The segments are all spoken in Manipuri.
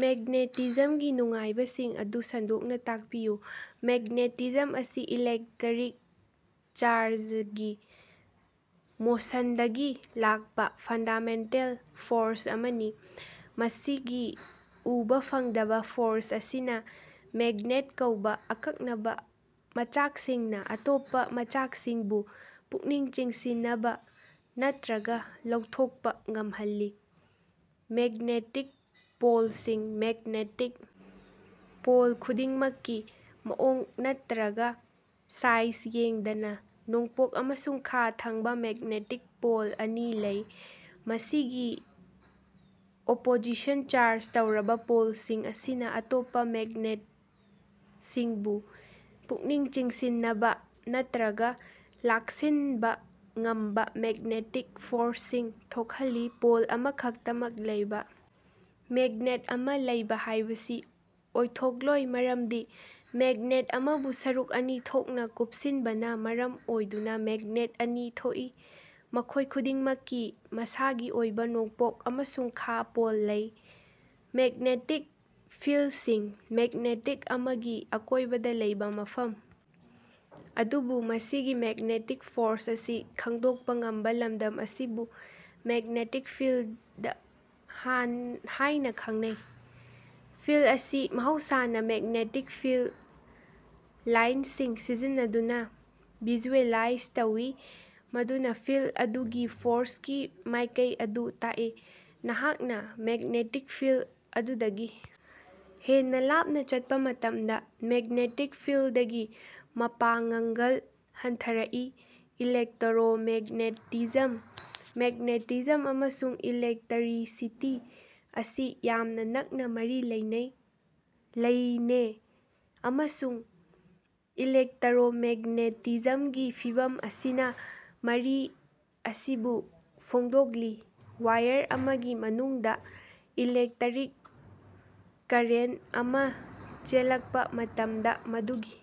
ꯃꯦꯒ꯭ꯅꯦꯇꯤꯖꯝꯒꯤ ꯅꯨꯡꯉꯥꯏꯕꯁꯤꯡ ꯑꯗꯨ ꯁꯟꯗꯣꯛꯅ ꯇꯥꯛꯄꯤꯌꯨ꯫ ꯃꯦꯒ꯭ꯅꯦꯇꯤꯖꯝ ꯑꯁꯤ ꯏꯂꯦꯛꯇꯔꯤꯛ ꯆꯥꯔꯖꯒꯤ ꯃꯣꯁꯟꯗꯒꯤ ꯂꯥꯛꯄꯥ ꯐꯟꯗꯥꯃꯦꯟꯇꯦꯜ ꯐꯣꯔꯁ ꯑꯃꯅꯤ꯫ ꯃꯁꯤꯒꯤ ꯎꯕ ꯐꯪꯗꯕ ꯐꯣꯔꯁ ꯑꯁꯤꯅ ꯃꯦꯒ꯭ꯅꯦꯠ ꯀꯧꯕꯥ ꯑꯀꯛꯅꯕ ꯃꯆꯥꯛꯁꯤꯡꯅ ꯑꯇꯣꯞꯄꯥ ꯃꯆꯥꯛꯁꯤꯡꯕꯨ ꯄꯨꯛꯅꯤꯡ ꯆꯤꯡꯁꯤꯅꯕ ꯅꯠꯇ꯭ꯔꯒꯥ ꯂꯧꯊꯣꯛꯄꯥ ꯉꯝꯍꯜꯂꯤ꯫ ꯃꯦꯒ꯭ꯅꯦꯇꯤꯛ ꯄꯣꯜꯁꯤꯡ: ꯃꯦꯒ꯭ꯅꯦꯇꯤꯛ ꯄꯣꯜ ꯈꯨꯗꯤꯡꯃꯛꯀꯤ ꯃꯑꯣꯡ ꯅꯠꯇ꯭ꯔꯒꯥ ꯁꯥꯏꯖ ꯌꯦꯡꯗꯅ, ꯅꯣꯡꯄꯣꯛ ꯑꯃꯁꯨꯡ ꯈꯥ ꯊꯪꯕ ꯃꯦꯒ꯭ꯅꯦꯇꯤꯛ ꯄꯣꯜ ꯑꯅꯤ ꯂꯩ꯫ ꯃꯁꯤꯒꯤ ꯑꯣꯄꯣꯖꯤꯁꯟ ꯆꯥꯔꯖ ꯇꯧꯔꯕ ꯄꯣꯜꯁꯤꯡ ꯑꯁꯤꯅ ꯑꯇꯣꯞꯄꯥ ꯃꯦꯒ꯭ꯅꯦꯇꯁꯤꯡꯕꯨ ꯄꯨꯛꯅꯤꯡ ꯆꯤꯡꯁꯤꯅꯕ ꯅꯠꯇ꯭ꯔꯒꯥ ꯂꯥꯛꯁꯤꯟꯕ ꯉꯝꯕ ꯃꯦꯒ꯭ꯅꯦꯇꯤꯛ ꯐꯣꯔꯁꯁꯤꯡ ꯊꯣꯛꯍꯜꯂꯤ꯫ ꯄꯣꯜ ꯑꯃꯈꯛꯇꯃꯛ ꯂꯩꯕ ꯃꯦꯒ꯭ꯅꯦꯠ ꯑꯃ ꯂꯩꯕ ꯍꯥꯏꯕꯁꯤ ꯑꯣꯏꯊꯣꯛꯂꯣꯏ, ꯃꯔꯝꯗꯤ ꯃꯦꯒ꯭ꯅꯦꯠ ꯑꯃꯕꯨ ꯁꯔꯨꯛ ꯑꯅꯤ ꯊꯣꯛꯅ ꯀꯥꯞꯁꯤꯟꯕꯅ ꯃꯔꯝ ꯑꯣꯏꯗꯨꯅ ꯃꯦꯒ꯭ꯅꯦꯠ ꯑꯅꯤ ꯊꯣꯛꯏ, ꯃꯈꯣꯏ ꯈꯨꯗꯤꯡꯃꯛꯀꯤ ꯃꯁꯥꯒꯤ ꯑꯣꯏꯕ ꯅꯣꯡꯄꯣꯛ ꯑꯃꯁꯨꯡ ꯈꯥ ꯄꯣꯜ ꯂꯩ꯫ ꯃꯦꯒ꯭ꯅꯦꯇꯤꯛ ꯐꯤꯜꯗꯁꯤꯡ: ꯃꯦꯒ꯭ꯅꯦꯇꯤꯛ ꯑꯃꯒꯤ ꯑꯀꯣꯏꯕꯗ ꯂꯩꯕ ꯃꯐꯝ ꯑꯗꯨꯕꯨ ꯃꯁꯤꯒꯤ ꯃꯦꯒ꯭ꯅꯦꯇꯤꯛ ꯐꯣꯔꯁ ꯑꯁꯤ ꯈꯪꯗꯣꯛꯄꯥ ꯉꯝꯕ ꯂꯝꯗꯝ ꯑꯁꯤꯕꯨ ꯃꯦꯒ꯭ꯅꯦꯇꯤꯛ ꯐꯤꯜꯗ ꯍꯥꯏꯅ ꯈꯪꯅꯩ꯫ ꯐꯤꯜꯗ ꯑꯁꯤ ꯃꯍꯧꯁꯥꯅ ꯃꯦꯒ꯭ꯅꯦꯇꯤꯛ ꯐꯤꯜꯗ ꯂꯥꯏꯟꯁꯤꯡ ꯁꯤꯖꯤꯟꯅꯗꯨꯅ ꯚꯤꯖꯨꯑꯦꯂꯥꯏꯖ ꯇꯧꯏ, ꯃꯗꯨꯅ ꯐꯤꯜꯗ ꯑꯗꯨꯒꯤ ꯐꯣꯔꯁꯀꯤ ꯃꯥꯏꯀꯩ ꯑꯗꯨ ꯇꯥꯛꯏ꯫ ꯅꯍꯥꯛꯅ ꯃꯦꯒ꯭ꯅꯦꯇꯤꯛ ꯐꯤꯜꯗ ꯑꯗꯨꯗꯒꯤ ꯍꯦꯟꯅ ꯂꯥꯞꯅ ꯆꯠꯄꯥ ꯃꯇꯝꯗ ꯃꯦꯒ꯭ꯅꯦꯇꯤꯛ ꯐꯤꯜꯗꯒꯤ ꯃꯄꯥꯉꯡꯒꯜ ꯍꯟꯊꯔꯛꯏ꯫ ꯏꯂꯦꯛꯇꯔꯣꯃꯦꯒ꯭ꯅꯦꯇꯤꯖꯝ: ꯃꯦꯒ꯭ꯅꯦꯇꯤꯖꯝ ꯑꯃꯁꯨꯡ ꯏꯂꯦꯛꯇꯔꯤꯁꯤꯇꯤ ꯑꯁꯤ ꯌꯥꯝꯅ ꯅꯛꯅ ꯃꯔꯤ ꯂꯩꯅꯦ, ꯑꯃꯁꯨꯡ ꯏꯂꯦꯛꯇꯔꯣꯃꯦꯒ꯭ꯅꯦꯇꯤꯖꯝꯒꯤ ꯐꯤꯚꯝ ꯑꯁꯤꯅ ꯃꯔꯤ ꯑꯁꯤꯕꯨ ꯐꯣꯡꯗꯣꯛꯂꯤ꯫ ꯋꯥꯏꯌꯔ ꯑꯃꯒꯤ ꯃꯅꯨꯡꯗ ꯏꯂꯦꯛꯇꯔꯤꯛ ꯀꯔꯦꯟꯇ ꯑꯃꯥ ꯆꯦꯜꯂꯛꯄꯥ ꯃꯇꯝꯗ ꯃꯗꯨꯒꯤ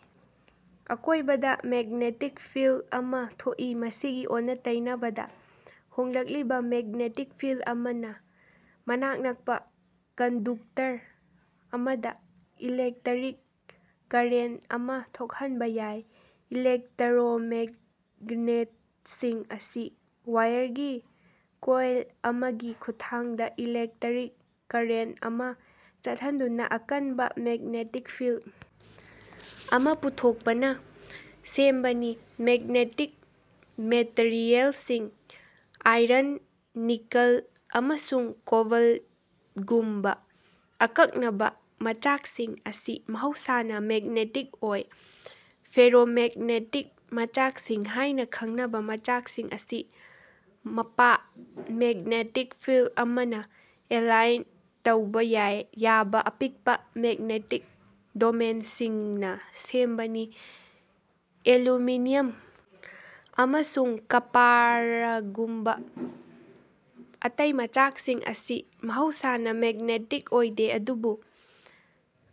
ꯑꯀꯣꯏꯕꯗ ꯃꯦꯒ꯭ꯅꯦꯇꯤꯛ ꯐꯤꯜꯗ ꯑꯃ ꯊꯣꯛꯏ꯫ ꯃꯁꯤꯒꯤ ꯑꯣꯟꯅ-ꯇꯩꯅꯕꯗ, ꯍꯣꯡꯂꯛꯂꯤꯕ ꯃꯦꯒ꯭ꯅꯦꯇꯤꯛ ꯐꯤꯜꯗ ꯑꯃꯅ ꯃꯅꯥꯛ ꯅꯛꯄꯥ ꯀꯟꯗꯨꯛꯇꯔ ꯑꯃꯗ ꯏꯂꯦꯛꯇꯔꯤꯛ ꯀꯔꯦꯟꯇ ꯑꯃ ꯊꯣꯛꯍꯟꯕ ꯌꯥꯏ꯫ ꯏꯂꯦꯛꯇꯔꯣꯃꯦꯒ꯭ꯅꯦꯇꯁꯤꯡ ꯑꯁꯤ ꯋꯥꯏꯌꯥꯔꯒꯤ ꯀꯣꯏꯜ ꯑꯃꯒꯤ ꯈꯨꯠꯊꯥꯡꯗ ꯏꯂꯦꯛꯇꯔꯤꯛ ꯀꯔꯦꯟꯇ ꯑꯃ ꯆꯠꯍꯟꯗꯨꯅ ꯑꯀꯟꯕ ꯃꯦꯒ꯭ꯅꯦꯇꯤꯛ ꯐꯤꯜꯗ ꯑꯃ ꯄꯨꯊꯣꯛꯄꯅ ꯁꯦꯝꯕꯅꯤ꯫ ꯃꯦꯒ꯭ꯅꯦꯇꯤꯛ ꯃꯦꯇꯔꯤꯑꯦꯜꯁꯤꯡ: ꯑꯥꯏꯔꯟ, ꯅꯤꯀꯜ, ꯑꯃꯁꯨꯡ ꯀꯣꯕꯜꯇꯒꯨꯝꯕ ꯑꯀꯛꯅꯕ ꯃꯆꯥꯛꯁꯤꯡ ꯑꯁꯤ ꯃꯍꯧꯁꯥꯅ ꯃꯦꯒ꯭ꯅꯦꯇꯤꯛ ꯑꯣꯏ꯫ ꯐꯦꯔꯣꯃꯦꯒ꯭ꯅꯦꯇꯤꯛ ꯃꯆꯥꯛꯁꯤꯡ ꯍꯥꯏꯅ ꯈꯪꯅꯕ ꯃꯆꯥꯛꯁꯤꯡ ꯑꯁꯤ ꯃꯄꯥ ꯃꯦꯒ꯭ꯅꯦꯇꯤꯛ ꯐꯤꯜꯗ ꯑꯃꯅ ꯑꯦꯂꯥꯏꯟ ꯇꯧꯕ ꯌꯥꯏ ꯌꯥꯕ ꯑꯄꯤꯛꯄꯥ ꯃꯦꯒ꯭ꯅꯦꯇꯤꯛ ꯗꯣꯃꯦꯟꯁꯤꯡꯅ ꯁꯦꯝꯕꯅꯤ꯫ ꯑꯦꯂꯨꯃꯤꯅꯤꯌꯝ ꯑꯃꯁꯨꯡ ꯀꯄꯥꯔꯒꯨꯝꯕ ꯑꯇꯩ ꯃꯆꯥꯛꯁꯤꯡ ꯑꯁꯤ ꯃꯍꯧꯁꯥꯅ ꯃꯦꯒ꯭ꯅꯦꯇꯤꯛ ꯑꯣꯏꯗꯦ ꯑꯗꯨꯕꯨ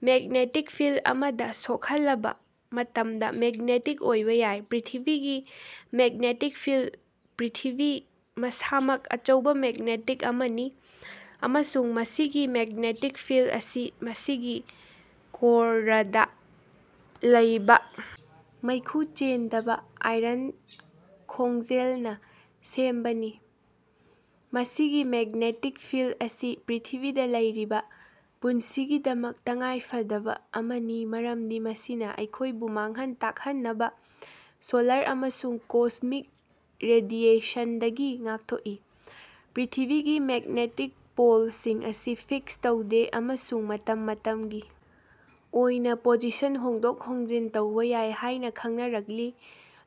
ꯃꯦꯒ꯭ꯅꯦꯇꯤꯛ ꯐꯤꯜꯗ ꯑꯃꯗ ꯁꯣꯛꯍꯜꯂꯕ ꯃꯇꯝꯗ ꯃꯦꯒ꯭ꯅꯦꯇꯤꯛ ꯑꯣꯏꯕ ꯌꯥꯏ꯫ ꯄ꯭ꯔꯤꯊꯤꯕꯤꯒꯤ ꯃꯦꯒ꯭ꯅꯦꯇꯤꯛ ꯐꯤꯜꯗ: ꯄ꯭ꯔꯤꯊꯤꯕꯤ ꯃꯁꯥꯃꯛ ꯑꯆꯧꯕ ꯃꯦꯒ꯭ꯅꯦꯇꯤꯛ ꯑꯃꯅꯤ, ꯑꯃꯁꯨꯡ ꯃꯁꯤꯒꯤ ꯃꯦꯒ꯭ꯅꯦꯇꯤꯛ ꯐꯤꯜꯗ ꯑꯁꯤ ꯃꯁꯤꯒꯤ ꯀꯣꯔꯗꯥ ꯂꯩꯕ ꯃꯩꯈꯨ ꯆꯦꯟꯗꯕ ꯑꯥꯏꯔꯟ ꯈꯣꯡꯖꯦꯜꯅ ꯁꯦꯝꯕꯅꯤ꯫ ꯃꯁꯤꯒꯤ ꯃꯦꯒ꯭ꯅꯦꯇꯤꯛ ꯐꯤꯜꯗ ꯑꯁꯤ ꯄ꯭ꯔꯤꯊꯤꯕꯤꯗ ꯂꯩꯔꯤꯕ ꯄꯨꯟꯁꯤꯒꯤꯗꯃꯛ ꯇꯉꯥꯏꯐꯗꯕ ꯑꯃꯅꯤ, ꯃꯔꯝꯗꯤ ꯃꯁꯤꯅ ꯑꯩꯈꯣꯏꯕꯨ ꯃꯥꯡꯍꯟ ꯇꯥꯛꯍꯟꯅꯕ ꯁꯣꯂꯥꯔ ꯑꯃꯁꯨꯡ ꯀꯣꯁ꯭ꯃꯤꯛ ꯔꯦꯗꯤꯑꯦꯁꯟꯗꯒꯤ ꯉꯥꯛꯊꯣꯛꯏ꯫ ꯄ꯭ꯔꯤꯊꯤꯕꯤꯒꯤ ꯃꯦꯒ꯭ꯅꯦꯇꯤꯛ ꯄꯣꯜꯁꯤꯡ ꯑꯁꯤ ꯐꯤꯛꯁ ꯇꯧꯗꯦ ꯑꯃꯁꯨꯡ ꯃꯇꯝ ꯃꯇꯝꯒꯤ ꯑꯣꯏꯅ ꯄꯣꯖꯤꯁꯟ ꯍꯣꯡꯗꯣꯛ ꯍꯣꯡꯖꯤꯟ ꯇꯧꯕ ꯌꯥꯏ ꯍꯥꯏꯅ ꯈꯪꯅꯔꯛꯂꯤ꯫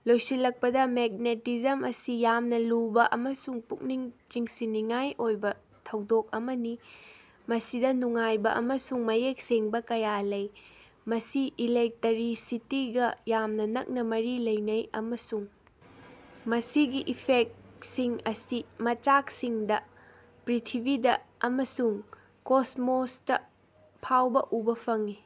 ꯂꯣꯏꯁꯤꯜꯂꯛꯄꯗ, ꯃꯦꯒ꯭ꯅꯦꯇꯤꯖꯝ ꯑꯁꯤ ꯌꯥꯝꯅ ꯂꯨꯕ ꯑꯃꯁꯨꯡ ꯄꯨꯛꯅꯤꯡ ꯆꯤꯡꯁꯤꯟꯅꯤꯡꯉꯥꯏ ꯑꯣꯏꯕ ꯊꯧꯗꯣꯛ ꯑꯃꯅꯤ, ꯃꯁꯤꯗ ꯅꯨꯡꯉꯥꯏꯕ ꯑꯃꯁꯨꯡ ꯃꯌꯦꯛ ꯁꯦꯡꯕ ꯀꯌꯥ ꯂꯩ꯫ ꯃꯁꯤ ꯏꯂꯦꯛꯇꯔꯤꯁꯤꯇꯤꯒ ꯌꯥꯝꯅ ꯅꯛꯅ ꯃꯔꯤ ꯂꯩꯅꯩ, ꯑꯃꯁꯨꯡ ꯃꯁꯤꯒꯤ ꯏꯐꯦꯛꯇꯁꯤꯡ ꯑꯁꯤ ꯃꯆꯥꯛꯁꯤꯡꯗ, ꯄ꯭ꯔꯤꯊꯤꯕꯤꯗ ꯑꯃꯁꯨꯡ ꯀꯣꯁ꯭ꯃꯣꯁꯇꯥ ꯐꯥꯎꯕ ꯎꯕ ꯐꯪꯏ꯫